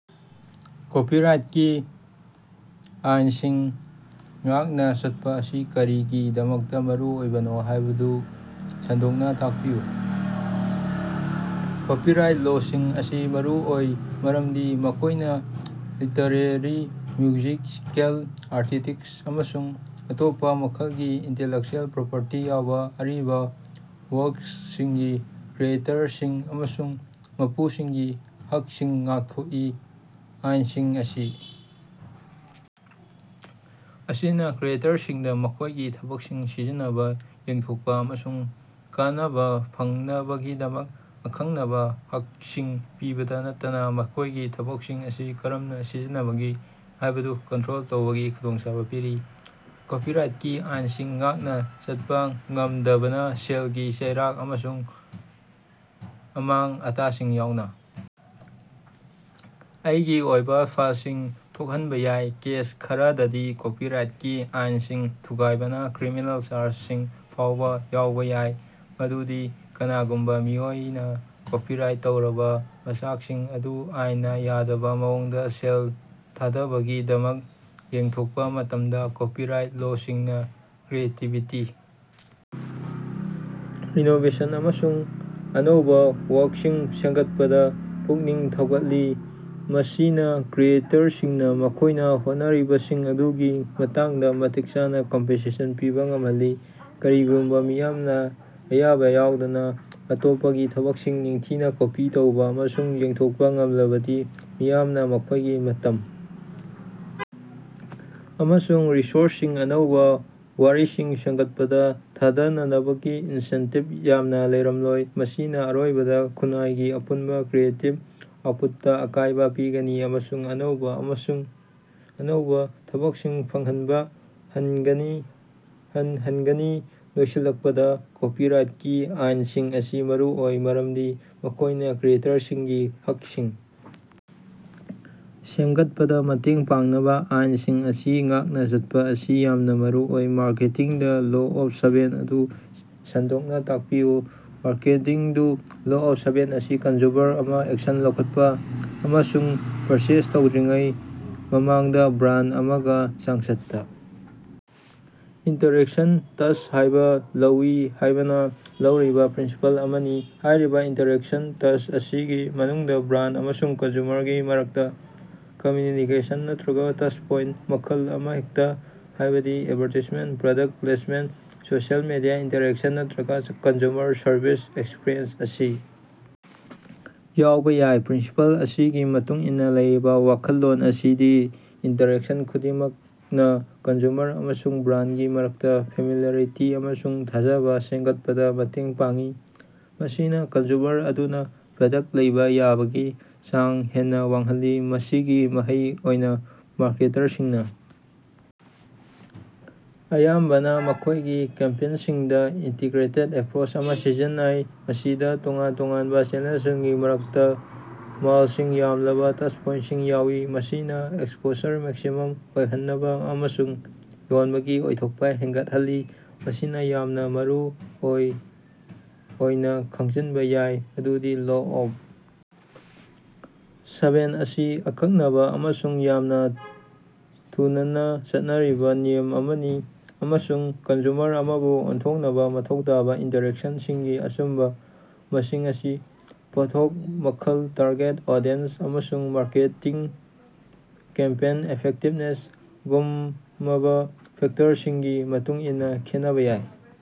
ꯀꯣꯄꯤꯔꯥꯏꯠꯀꯤ ꯑꯥꯏꯅꯁꯤꯡ ꯉꯥꯛꯅ ꯆꯠꯄꯥ ꯑꯁꯤ ꯀꯔꯤꯒꯤꯗꯃꯛꯇꯥ ꯃꯔꯨꯑꯣꯏꯕꯅꯣ ꯍꯥꯏꯕꯗꯨ ꯁꯟꯗꯣꯛꯅꯥ ꯇꯥꯛꯄꯤꯌꯨ꯫ ꯀꯣꯄꯤꯔꯥꯏꯠ ꯂꯣꯁꯤꯡ ꯑꯁꯤ ꯃꯔꯨꯑꯣꯏ ꯃꯔꯝꯗꯤ ꯃꯈꯣꯏꯅꯥ ꯂꯤꯇꯔꯦꯔꯤ, ꯃ꯭ꯌꯨꯖꯤꯀꯦꯜ, ꯑꯥꯔꯇꯤꯁ꯭ꯇꯤꯛ, ꯑꯃꯁꯨꯡ ꯑꯇꯩ ꯃꯈꯜꯒꯤ ꯏꯟꯇꯦꯂꯦꯛꯆꯨꯑꯦꯜ ꯄ꯭ꯔꯣꯄꯔꯇꯤ ꯌꯥꯎꯅ ꯑꯔꯤꯕ ꯋꯥꯔꯛꯁꯤꯡꯒꯤ ꯀ꯭ꯔꯤꯌꯦꯇꯔꯁꯤꯡ ꯑꯃꯁꯨꯡ ꯃꯄꯨꯁꯤꯡꯒꯤ ꯍꯛꯁꯤꯡ ꯉꯥꯛꯊꯣꯛꯏ꯫ ꯑꯥꯏꯟꯁꯤꯡ ꯑꯁꯤꯅ ꯀ꯭ꯔꯤꯌꯦꯇꯔꯁꯤꯡꯗ ꯃꯈꯣꯏꯒꯤ ꯊꯕꯛꯁꯤꯡ ꯁꯤꯖꯤꯟꯅꯕꯥ, ꯌꯦꯟꯊꯣꯛꯄꯥ ꯑꯃꯁꯨꯡ ꯀꯥꯟꯅꯕꯥ ꯐꯪꯅꯕꯒꯤ ꯑꯈꯟꯅꯕꯥ ꯍꯛꯁꯤꯡ ꯄꯤꯕꯇꯥ ꯅꯠꯇꯅꯥ ꯃꯈꯣꯏꯒꯤ ꯊꯕꯛꯁꯤꯡ ꯑꯁꯤ ꯀꯔꯝꯅꯥ ꯁꯤꯖꯤꯟꯅꯕꯒꯦ ꯍꯥꯏꯕꯗꯨ ꯀꯟꯇꯔꯣꯜ ꯇꯧꯕꯒꯤ ꯈꯨꯗꯣꯡꯆꯥꯕ ꯄꯤꯔꯤ꯫ ꯀꯣꯄꯤꯔꯥꯏꯠꯀꯤ ꯑꯥꯏꯅꯁꯤꯡ ꯉꯥꯛꯅꯥ ꯆꯠꯄꯥ ꯉꯝꯗꯕꯅꯥ ꯁꯦꯜꯒꯤ ꯆꯩꯔꯥꯛ ꯑꯃꯁꯨꯡ ꯑꯃꯥꯡ-ꯑꯇꯥꯁꯤꯡ ꯌꯥꯎꯅ ꯑꯥꯏꯒꯤ ꯑꯣꯏꯕꯥ ꯐꯥꯏꯜꯁꯤꯡ ꯊꯣꯛꯍꯟꯕꯥ ꯌꯥꯏ꯫ ꯀꯦꯁ ꯈꯔꯗꯗꯤ, ꯀꯣꯄꯤꯔꯥꯏꯇꯀꯤ ꯑꯥꯏꯅꯁꯤꯡ ꯊꯨꯒꯥꯏꯕꯅꯥ ꯀ꯭ꯔꯤꯃꯤꯅꯦꯜ ꯆꯥꯔꯖꯁꯤꯡ ꯐꯥꯎꯕ ꯌꯥꯎꯕ ꯌꯥꯏ, ꯃꯗꯨꯗꯤ ꯀꯅꯥꯒꯨꯝꯕ ꯃꯤꯑꯣꯏ ꯑꯃꯅ ꯀꯣꯄꯤꯔꯥꯏꯠ ꯇꯧꯔꯕ ꯃꯆꯥꯛꯁꯤꯡ ꯑꯗꯨ ꯑꯥꯏꯟꯅ ꯌꯥꯗꯕ ꯃꯑꯣꯡꯗ ꯁꯦꯜ ꯊꯥꯗꯕꯒꯤꯗꯃꯛ ꯌꯦꯟꯊꯣꯛꯄꯥ ꯃꯇꯝꯗ꯫ ꯀꯣꯄꯤꯔꯥꯏꯠ ꯂꯣꯁꯤꯡꯅ ꯀ꯭ꯔꯤꯌꯦꯇꯤꯕꯤꯇꯤ, ꯏꯅꯣꯕꯦꯁꯟ, ꯑꯃꯁꯨꯡ ꯑꯅꯧꯕ ꯋꯥꯔꯛꯁꯤꯡ ꯁꯦꯝꯒꯠꯄꯗꯁꯨ ꯄꯨꯛꯅꯤꯡ ꯊꯧꯒꯠꯂꯤ, ꯃꯁꯤꯅ ꯀ꯭ꯔꯤꯌꯦꯇꯔꯁꯤꯡꯅ ꯃꯈꯣꯏꯅ ꯍꯣꯠꯅꯔꯤꯕꯁꯤꯡ ꯑꯗꯨꯒꯤ ꯃꯇꯥꯡꯗ ꯃꯇꯤꯛ ꯆꯥꯅ ꯀꯝꯄꯦꯟꯁꯟ ꯄꯤꯕ ꯉꯝꯍꯜꯂꯤ꯫ ꯀꯔꯤꯒꯨꯝꯕꯥ ꯃꯤꯌꯥꯝꯅ ꯑꯌꯥꯕ ꯌꯥꯎꯗꯅ ꯑꯇꯣꯞꯄꯒꯤ ꯊꯕꯛꯁꯤꯡ ꯅꯤꯡꯊꯤꯅ ꯀꯣꯄꯤ ꯇꯧꯕ ꯑꯃꯁꯨꯡ ꯌꯦꯟꯊꯣꯛꯄ ꯉꯝꯂꯕꯗꯤ ꯃꯤꯌꯥꯝꯅ ꯃꯈꯣꯏꯒꯤ ꯃꯇꯝ ꯑꯃꯁꯨꯡ ꯔꯤꯁꯣꯔꯁꯁꯤꯡ ꯑꯅꯧꯕ ꯋꯥꯔꯤꯁꯤꯡ ꯁꯦꯝꯒꯠꯄꯗꯥ ꯊꯥꯗꯅꯕꯥ ꯏꯟꯁꯦꯟꯇꯤꯕ ꯌꯥꯝꯅ ꯂꯩꯔꯝꯂꯣꯏ꯫ ꯃꯁꯤꯅ ꯑꯔꯣꯏꯕꯗꯥ ꯈꯨꯟꯅꯥꯏꯒꯤ ꯑꯄꯨꯟꯕꯥ ꯀ꯭ꯔꯤꯌꯦꯇꯤꯕ ꯑꯥꯎꯠꯄꯨꯠꯇ ꯑꯀꯥꯏꯕ ꯄꯤꯒꯅꯤ ꯑꯃꯁꯨꯡ ꯑꯅꯧꯕ ꯑꯃꯁꯨꯡ ꯑꯅꯧꯕ ꯊꯕꯛꯁꯤꯡ ꯐꯪꯍꯟꯕ ꯍꯟꯊꯍꯟꯒꯅꯤ꯫ ꯂꯣꯏꯁꯤꯜꯂꯛꯄꯗ, ꯀꯣꯄꯤꯔꯥꯏꯠꯀꯤ ꯑꯥꯏꯟꯁꯤꯡ ꯑꯁꯤ ꯃꯔꯨꯑꯣꯏ ꯃꯔꯝꯗꯤ ꯃꯈꯣꯏꯅ ꯀ꯭ꯔꯤꯌꯦꯇꯔꯁꯤꯡꯒꯤ ꯍꯛꯁꯤꯡ ꯁꯦꯝꯒꯠꯄꯗꯥ ꯃꯇꯦꯡ ꯄꯥꯡꯅꯕꯥ ꯑꯥꯏꯟꯁꯤꯡ ꯑꯁꯤ ꯉꯥꯛꯅ ꯆꯠꯄꯥ ꯑꯁꯤ ꯌꯥꯝꯅ ꯃꯔꯨꯑꯣꯏ꯫ ꯃꯥꯔꯀꯦꯇꯤꯡꯗꯥ ꯂꯣ ꯑꯣꯐ ꯁꯦꯚꯦꯟ ꯑꯗꯨ ꯁꯟꯗꯣꯛꯅ ꯇꯥꯛꯄꯤꯌꯨ꯫ ꯃꯥꯔꯀꯦꯇꯤꯡꯗꯥ ꯂꯣ ꯑꯣꯐ ꯁꯦꯚꯦꯟ ꯑꯁꯤ ꯀꯟꯖꯨꯃꯔ ꯑꯃꯅ ꯑꯦꯛꯁꯟ ꯂꯧꯈꯠꯄꯥ ꯑꯃꯁꯨꯡ ꯄꯔꯆꯦꯖ ꯇꯧꯗ꯭ꯔꯤꯉꯩꯒꯤ ꯃꯃꯥꯡꯗ ꯕ꯭ꯔꯥꯟꯗ ꯑꯃꯒ ꯆꯥꯡꯆꯠꯇꯥ ꯏꯟꯇꯔꯦꯛꯁꯟ ꯇꯔ‌ꯦꯠ ꯂꯧꯏ ꯍꯥꯏꯅꯥ ꯂꯧꯔꯤꯕꯥ ꯄ꯭ꯔꯤꯟꯁꯤꯄꯜ ꯑꯃꯅꯤ꯫ ꯍꯥꯏꯔꯤꯕꯥ ꯏꯟꯇꯔꯦꯛꯁꯟ ꯇꯔ‌ꯦꯠ ꯑꯁꯤꯒꯤ ꯃꯅꯨꯡꯗꯥ ꯕ꯭ꯔꯥꯟꯗ ꯑꯃꯁꯨꯡ ꯀꯟꯖꯨꯃꯔꯒꯤ ꯃꯔꯛꯇꯥ ꯀꯝꯃꯌꯨꯅꯤꯀꯦꯁꯟ ꯅꯠꯇꯔꯒ ꯇꯁꯠꯄꯣꯏꯟꯇ ꯃꯈꯜ ꯑꯃꯍꯦꯛꯇ, ꯍꯥꯏꯕꯗꯤ advertisement, product placement, social media interaction ꯅꯠꯇꯔꯒ ꯀꯁ꯭ꯇꯃꯔ ꯁꯔꯚꯤꯁ ꯑꯦꯛꯁꯄꯤꯔꯤꯑꯦꯟꯁ ꯑꯁꯤ ꯌꯥꯎꯕ ꯌꯥꯏ꯫ ꯄ꯭ꯔꯤꯟꯁꯤꯄꯜ ꯑꯁꯤꯒꯤ ꯃꯇꯨꯡꯗꯥ ꯂꯩꯔꯤꯕ ꯋꯥꯈꯜꯂꯣꯟ ꯑꯁꯤꯗꯤ ꯏꯟꯇꯔꯦꯛꯁꯟ ꯈꯨꯗꯤꯡꯃꯛꯅꯥ ꯀꯟꯖꯨꯃꯔ ꯑꯃꯁꯨꯡ ꯕ꯭ꯔꯥꯟꯗꯒꯤ ꯃꯔꯛꯇꯥ ꯐꯦꯃꯤꯂꯤꯌꯔꯤꯇꯤ ꯑꯃꯁꯨꯡ ꯊꯥꯖꯕ ꯁꯦꯝꯒꯠꯄꯗꯥ ꯃꯇꯦꯡ ꯄꯥꯡꯏ, ꯃꯁꯤꯅ ꯀꯟꯖꯨꯃꯔ ꯑꯗꯨꯅ ꯄꯣꯠ ꯂꯩꯕ ꯌꯥꯕꯒꯤ ꯆꯥꯡ ꯍꯦꯟꯅꯥ ꯋꯥꯡꯍꯜꯂꯤ꯫ ꯃꯁꯤꯒꯤ ꯃꯍꯩ ꯑꯣꯏꯅꯥ, ꯃꯥꯔꯀꯦꯇꯔꯁꯤꯡꯅꯥ ꯑꯌꯥꯝꯕꯅ ꯃꯈꯣꯏꯒꯤ ꯀꯦꯝꯄꯦꯅꯤꯁꯤꯡꯗꯥ ꯏꯟꯇꯤꯒ꯭ꯔꯦꯇꯦꯠ ꯑꯦꯄꯔꯣꯆ ꯑꯃ ꯁꯤꯖꯤꯟꯅꯩ, ꯃꯁꯤꯗꯥ ꯇꯣꯉꯥꯟ ꯇꯣꯉꯥꯟꯕ ꯆꯦꯅꯦꯜꯁꯤꯡꯒꯤ ꯃꯔꯛꯇ ꯃꯁꯤꯡ ꯌꯥꯝꯂꯕ ꯇꯁꯠꯄꯣꯏꯟꯇꯁꯤꯡ ꯌꯥꯎꯏ, ꯃꯁꯤꯅ ꯑꯦꯛꯁꯄꯣꯖꯔ ꯃꯦꯛꯁꯤꯃꯝ ꯑꯣꯏꯍꯟꯅꯕꯥ ꯑꯃꯁꯨꯡ ꯌꯣꯟꯕꯥ ꯌꯥꯕꯒꯤ ꯑꯣꯏꯊꯣꯛꯄ ꯍꯦꯒꯠꯍꯜꯂꯤ꯫ ꯃꯁꯤ ꯌꯥꯝꯅꯥ ꯃꯔꯨꯑꯣꯏꯅꯥ ꯈꯪꯖꯤꯟꯕꯥ ꯌꯥꯏ ꯃꯗꯨꯗꯤ ꯂꯣ ꯑꯣꯐ ꯁꯦꯚꯦꯟ ꯑꯁꯤ ꯑꯀꯛꯅꯕꯥ ꯑꯃꯁꯨꯡ ꯌꯥꯝꯅ ꯊꯨꯅꯥ ꯆꯠꯅꯔꯤꯕ ꯅꯤꯌꯝ ꯑꯃꯅꯤ ꯑꯃꯁꯨꯡ ꯀꯟꯖꯨꯃꯔ ꯑꯃꯕꯨ ꯑꯣꯟꯊꯣꯛꯅꯕꯥ ꯃꯊꯧ ꯇꯥꯕ ꯏꯟꯇꯔꯦꯛꯁꯤꯡꯒꯤ ꯑꯆꯨꯝꯕꯥ ꯃꯁꯤꯡ ꯑꯁꯤ ꯄꯣꯠꯊꯣꯛ ꯃꯈꯜ, ꯇꯥꯔꯒꯦꯠ ꯑꯣꯗꯤꯁꯟ, ꯑꯃꯁꯨꯡ ꯃꯥꯔꯀꯦꯇꯤꯡ ꯀꯦꯝꯄꯦꯅꯤ ꯏꯐꯦꯛꯇꯤꯕꯅꯦꯁꯒꯨꯝꯕꯥ ꯐꯦꯛꯇꯔꯁꯤꯡꯒꯤ ꯃꯇꯨꯡ ꯏꯟꯅꯥ ꯈꯦꯠꯅꯕꯥ ꯌꯥꯏ꯫